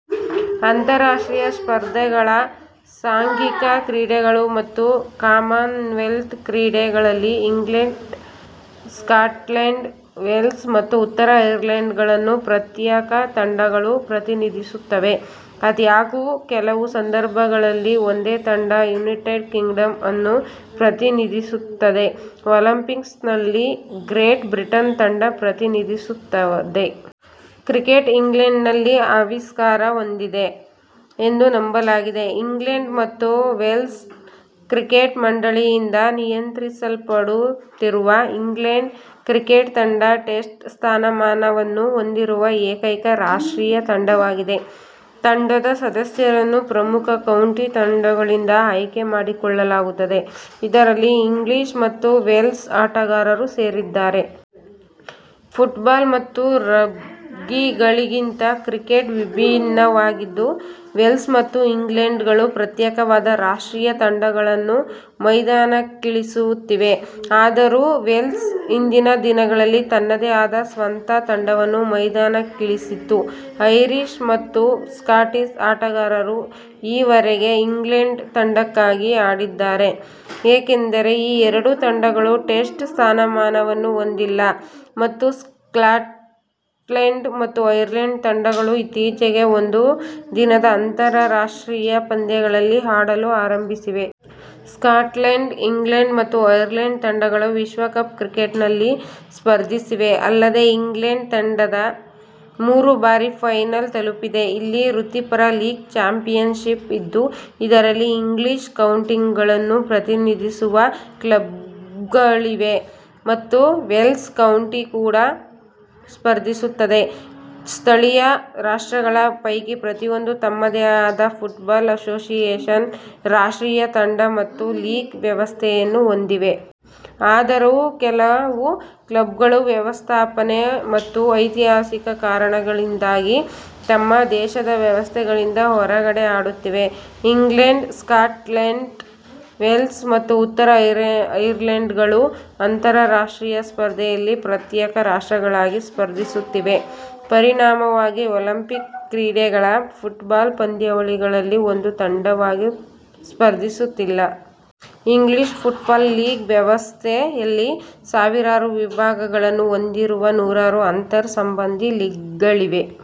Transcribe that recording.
ಅಂತರರಾಷ್ಟ್ರೀಯ ಸ್ಪರ್ಧೆಗಳ ಸಾಂಘಿಕ ಕ್ರೀಡೆಗಳು ಮತ್ತು ಕಾಮನ್ವೆಲ್ತ್ ಕ್ರೀಡೆ ಗಳಲ್ಲಿ ಇಂಗ್ಲೆಂಡ್, ಸ್ಕಾಟ್ಲೆಂಡ್, ವೇಲ್ಸ್ ಮತ್ತು ಉತ್ತರ ಐರ್ಲೆಂಡ್ ಗಳನ್ನು ಪ್ರತ್ಯೇಕ ತಂಡಗಳು ಪ್ರತಿನಿಧಿಸುತ್ತವೆ. ಆದಾಗ್ಯೂ, ಕೆಲವು ಸಂದರ್ಭಗಳಲ್ಲಿ ಒಂದೇ ತಂಡ ಯುನೈಟೆಡ್ ಕಿಂಗ್ಡಂ ಅನ್ನು ಪ್ರತಿನಿಧಿಸುತ್ತದೆ, ಒಲಿಂಪಿಕ್ಸ್ ನಲ್ಲಿ ಗ್ರೇಟ್ ಬ್ರಿಟನ್ ತಂಡ ಪ್ರತಿನಿಧಿಸುತ್ತದೆ. ಕ್ರಿಕೆಟ್ ಇಂಗ್ಲೆಂಡ್ನಲ್ಲಿ ಆವಿಷ್ಕಾರ ಹೊಂದಿದೆ ಎಂದು ನಂಬಲಾಗಿದೆ. ಇಂಗ್ಲೆಂಡ್ ಮತ್ತು ವೇಲ್ಸ್ ಕ್ರಿಕೆಟ್ ಮಂಡಳಿ ಯಿಂದ ನಿಯಂತ್ರಿಸಲ್ಪಡುತ್ತಿರುವ ಇಂಗ್ಲೆಂಡ್ ಕ್ರಿಕೆಟ್ ತಂಡ ಟೆಸ್ಟ್ ಸ್ಥಾನಮಾನ ವನ್ನು ಹೊಂದಿರುವ ಏಕೈಕ ರಾಷ್ಟ್ರೀಯ ತಂಡವಾಗಿದೆ. ತಂಡದ ಸದಸ್ಯರನ್ನು ಪ್ರಮುಖ ಕೌಂಟಿ ತಂಡಗಳಿಂದ ಆಯ್ಕೆ ಮಾಡಿಕೊಳ್ಳಲಾಗುತ್ತದೆ, ಇದರಲ್ಲಿ ಇಂಗ್ಲೀಷ್ ಮತ್ತು ವೆಲ್ಶ್ ಆಟಗಾರರೂ ಸೇರಿದ್ದಾರೆ. ಫುಟ್ಬಾಲ್ ಮತ್ತು ರಗ್ಬಿಗಳಿಗಿಂತ ಕ್ರಿಕೆಟ್ ವಿಭಿನ್ನವಾಗಿದ್ದು, ವೇಲ್ಸ್ ಮತ್ತು ಇಂಗ್ಲೆಂಡ್ಗಳು ಪ್ರತ್ಯೇಕವಾದ ರಾಷ್ಟ್ರೀಯ ತಂಡಗಳನ್ನು ಮೈದಾನಕ್ಕಿಳಿಸುತ್ತಿವೆ. ಆದರೂ ವೇಲ್ಸ್ ಹಿಂದಿನ ದಿನಗಳಲ್ಲಿ ತನ್ನದೇ ಆದ ಸ್ವಂತ ತಂಡವನ್ನು ಮೈದಾನಕ್ಕಿಳಿಸಿತ್ತು. ಐರಿಷ್ ಮತ್ತು ಸ್ಕಾಟಿಷ್ ಆಟಗಾರರು ಈವರೆಗೆ ಇಂಗ್ಲೆಂಡ್ ತಂಡಕ್ಕಾಗಿ ಆಡಿದ್ದಾರೆ. ಏಕೆಂದರೆ ಈ ಎರಡು ತಂಡಗಳು ಟೆಸ್ಟ್ ಸ್ಥಾನಮಾನವನ್ನು ಹೊಂದಿಲ್ಲ ಮತ್ತು ಸ್ಕಾಟ್ಲೆಂಡ್ ಮತ್ತು ಐರ್ಲೆಂಡ್ ತಂಡಗಳು ಇತ್ತೀಚೆಗೆ ಒಂದು ದಿನದ ಅಂತರರಾಷ್ಟ್ರೀಯ ಪಂದ್ಯ ಗಳಲ್ಲಿ ಆಡಲು ಆರಂಭಿಸಿವೆ. ಸ್ಕಾಟ್ಲೆಂಡ್, ಇಂಗ್ಲೆಂಡ್ ಮತ್ತು ಐರ್ಲೆಂಡ್ ತಂಡಗಳು ವಿಶ್ವಕಪ್ ಕ್ರಿಕೆಟ್ ನಲ್ಲಿ ಸ್ಪರ್ಧಿಸಿವೆ, ಅಲ್ಲದೆ ಇಂಗ್ಲೆಂಡ್ ತಂಡ ಮೂರು ಬಾರಿ ಫೈನಲ್ ತಲುಪಿದೆ. ಇಲ್ಲಿ ವೃತ್ತಿಪರ ಲೀಗ್ ಚಾಂಪಿಯನ್ಶಿಪ್ ಇದ್ದು, ಇದರಲ್ಲಿ ಇಂಗ್ಲೀಷ್ ಕೌಂಟಿಗಳನ್ನು ಪ್ರತಿನಿಧಿಸುವ ಕ್ಲಬ್ಗಳಿವೆ ಮತ್ತು ವೆಲ್ಶ್ ಕೌಂಟಿ ಕೂಡ ಸ್ಪರ್ಧಿಸುತ್ತದೆ. ಸ್ಥಳೀಯ ರಾಷ್ಟ್ರಗಳ ಪೈಕಿ ಪ್ರತಿಯೊಂದು ತಮ್ಮದೇ ಆದ ಫುಟ್ಬಾಲ್ ಅಸೋಸಿಯೇಷನ್, ರಾಷ್ಟ್ರೀಯ ತಂಡ ಮತ್ತು ಲೀಗ್ ವ್ಯವಸ್ಥೆ ಯನ್ನು ಹೊಂದಿವೆ. ಆದರೂ ಕೆಲವು ಕ್ಲಬ್ಗಳು ವ್ಯವಸ್ಥಾಪನೆ ಮತ್ತು ಐತಿಹಾಸಿಕ ಕಾರಣಗಳಿಂದಾಗಿ ತಮ್ಮ ದೇಶದ ವ್ಯವಸ್ಥೆಗಳಿಂದ ಹೊರಗಡೆ ಆಡುತ್ತಿವೆ. ಇಂಗ್ಲೆಂಡ್, ಸ್ಕಾಟ್ಲೆಂಡ್, ವೇಲ್ಸ್ ಮತ್ತು ಉತ್ತರ ಐರ್ಲೆಂಡ್ ಗಳು ಅಂತರರಾಷ್ಟ್ರೀಯ ಸ್ಪರ್ಧೆಯಲ್ಲಿ ಪ್ರತ್ಯೇಕ ರಾಷ್ಟ್ರಗಳಾಗಿ ಸ್ಪರ್ಧಿಸುತ್ತಿವೆ, ಪರಿಣಾಮವಾಗಿ ಒಲಿಂಪಿಕ್ ಕ್ರೀಡೆ ಗಳ ಫುಟ್ಬಾಲ್ ಪಂದ್ಯಾವಳಿಗಳಲ್ಲಿ ಒಂದು ತಂಡವಾಗಿ ಸ್ಪರ್ಧಿಸುತ್ತಿಲ್ಲ. ಇಂಗ್ಲೀಷ್ ಫುಟ್ಬಾಲ್ ಲೀಗ್ ವ್ಯವಸ್ಥೆ ಯಲ್ಲಿ, ಸಾವಿರಾರು ವಿಭಾಗಗಳನ್ನು ಹೊಂದಿರುವ ನೂರಾರು ಅಂತರ್-ಸಂಬಂಧಿ ಲೀಗ್ಗಳಿವೆ.